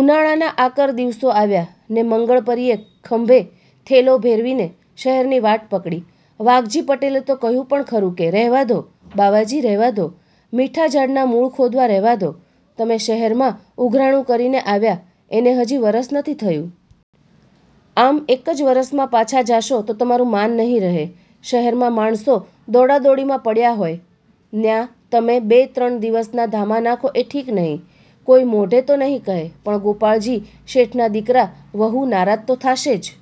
ઉનાળાના આકર દિવસો આવ્યા ને મંગળપરીએ ખંભે થેલો ભેરવીને શહેરની વાટ પકડી. વાઘજી પટેલે તો કહ્યું પણ ખરું કે, "રહેવા દ્યો બાવાજી, રહેવા દ્યો. મીઠાં ઝાડનાં મૂળ ખોદવાં રહેવા દ્યો. તમે શહેરમાં ઉઘરાણું કરીને આવ્યા, એને હજી વરસ નથી થયું. આમ એક જ વરસમાં પાછા જાશો તો તમારું માન નહિ રહે. શહેરમાં માણસો દોડાદોડીમાં પડ્યા હોય, ન્યાં તમે બે-ત્રણ દિવસના ધામા નાખો એ ઠીક નહિ. કોઈ મોઢેં તો નહિ કહે, પણ ગોપાળજી શેઠના દીકરા વહુ નારાજ તો થાશે જ."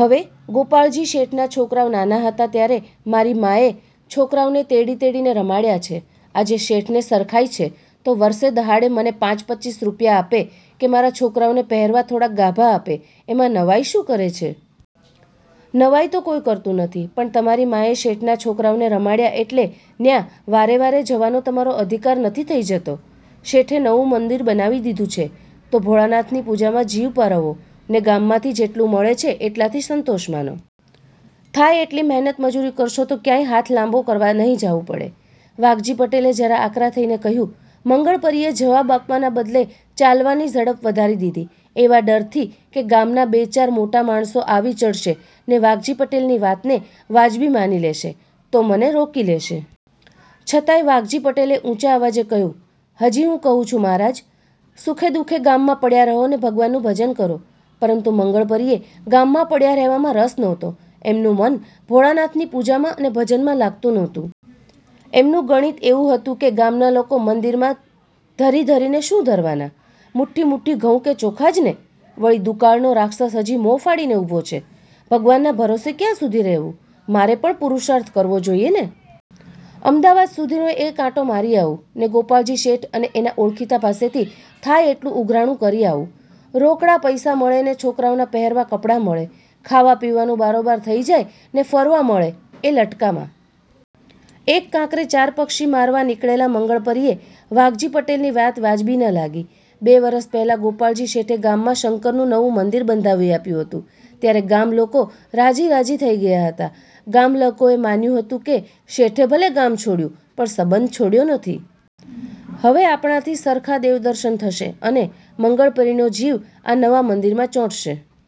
"હવે, ગોપાળજી શેઠના છોકરાવ નાના હતા ત્યારે મારી માએ એ છોકરાવને તેડી-તેડીને રમાડ્યા છે. આજે શેઠને સરખાઈ છે, તો વરસે દહાડે મને પાંચ-પચીસ રૂપિયા આપે, કે મારા છોકરાવને પહેરવા થોડાક ગાભા આપે, એમાં નવાઈ શું કરે છે?" "નવાઈ તો કોઈ કરતું નથી, પણ તમારી માએ શેઠના છોકરાવને રમાડ્યા એટલે ન્યાં વારે-વારે જાવાનો તમારો અધિકાર નથી થઈ જાતો. શેઠે નવું મંદિર બંધાવી દીધું છે, તો ભોળાનાથની પૂજામાં જીવ પરોવો ને. ગામમાંથી જેટલું મળે છે, એટલાથી સંતોષ માનો. થાય એટલી મહેનત મજૂરી કરશો તો ક્યાંય હાથ લાંબો કરવા નહિ જાવું પડે." વાઘજી પટેલે જરા આકરા થઈને કહ્યું. મંગળપરીએ જવાબ આપવાના બદલે ચાલવાની ઝડપ વધારી દીધી, એવા ડરથી કે ગામના બે-ચાર મોટા માણસો આવી ચડશે ને વાઘજી પટેલની વાતને વાજબી માની લેશે, તો મને રોકી લેશે. છતાંય વાઘજી પટેલે ઊંચા અવાજે કહ્યું, "હજી કહું છું મહારાજ, સુખે દુઃખે ગામમાં પડ્યા રહો ને ભગવાનનું ભજન કરો." પરંતુ મંગળપરીને ગામમાં પડ્યા રહેવામાં રસ નહોતો. એમનું મન ભોળાનાથની પૂજામાં અને ભજનમાં લાગતું નહોતું. એમનું ગણિત એવું હતું કે, "ગામના લોકો મંદિરમાં ધરી-ધરીને શું ધરવાના? મૂઠી-મૂઠી ઘઉં કે ચોખા જ ને? વળી, દુકાળનો રાક્ષસ હજી મોં ફાડીને ઊભો છે. ભગવાનના ભરોસે ક્યાં સુધી રહેવું? મારે પણ પુરુષાર્થ કરવો જોઈને? અમદાવાદ સુધીનો એક આંટો મારી આવું, ને ગોપાળજી શેઠ અને એના ઓળખીતા પાસેથી થાય એટલું ઉઘરાણું કરી આવું. રોકડા પૈસા મળે ને છોકરાવના પહેરવા કપડાં મળે, ખાવા-પીવાનું બારોબાર થઈ જાય, ને ફરવા મળે એ લટકામાં." એક કાંકરે ચાર પક્ષી મારવા નીકળેલા મંગળપરીને વાઘજી પટેલની વાત વાજબી ન લાગી. બે વરસ પહેલાં ગોપાળજી શેઠે ગામમાં શંકરનું નવું મંદિર બંધાવી આપ્યું હતું. ત્યારે ગામ લોકો રાજી-રાજી થઈ ગયા હતા. ગામલોકોએ માન્યું હતું કે, "શેઠે ભલે ગામ છોડ્યું, પણ સંબંધ છોડ્યો નથી. હવે આપણાથી સરખાં દેવદર્શન થશે અને મંગળપરીનો જીવ આ નવા મંદિરમાં ચોંટશે.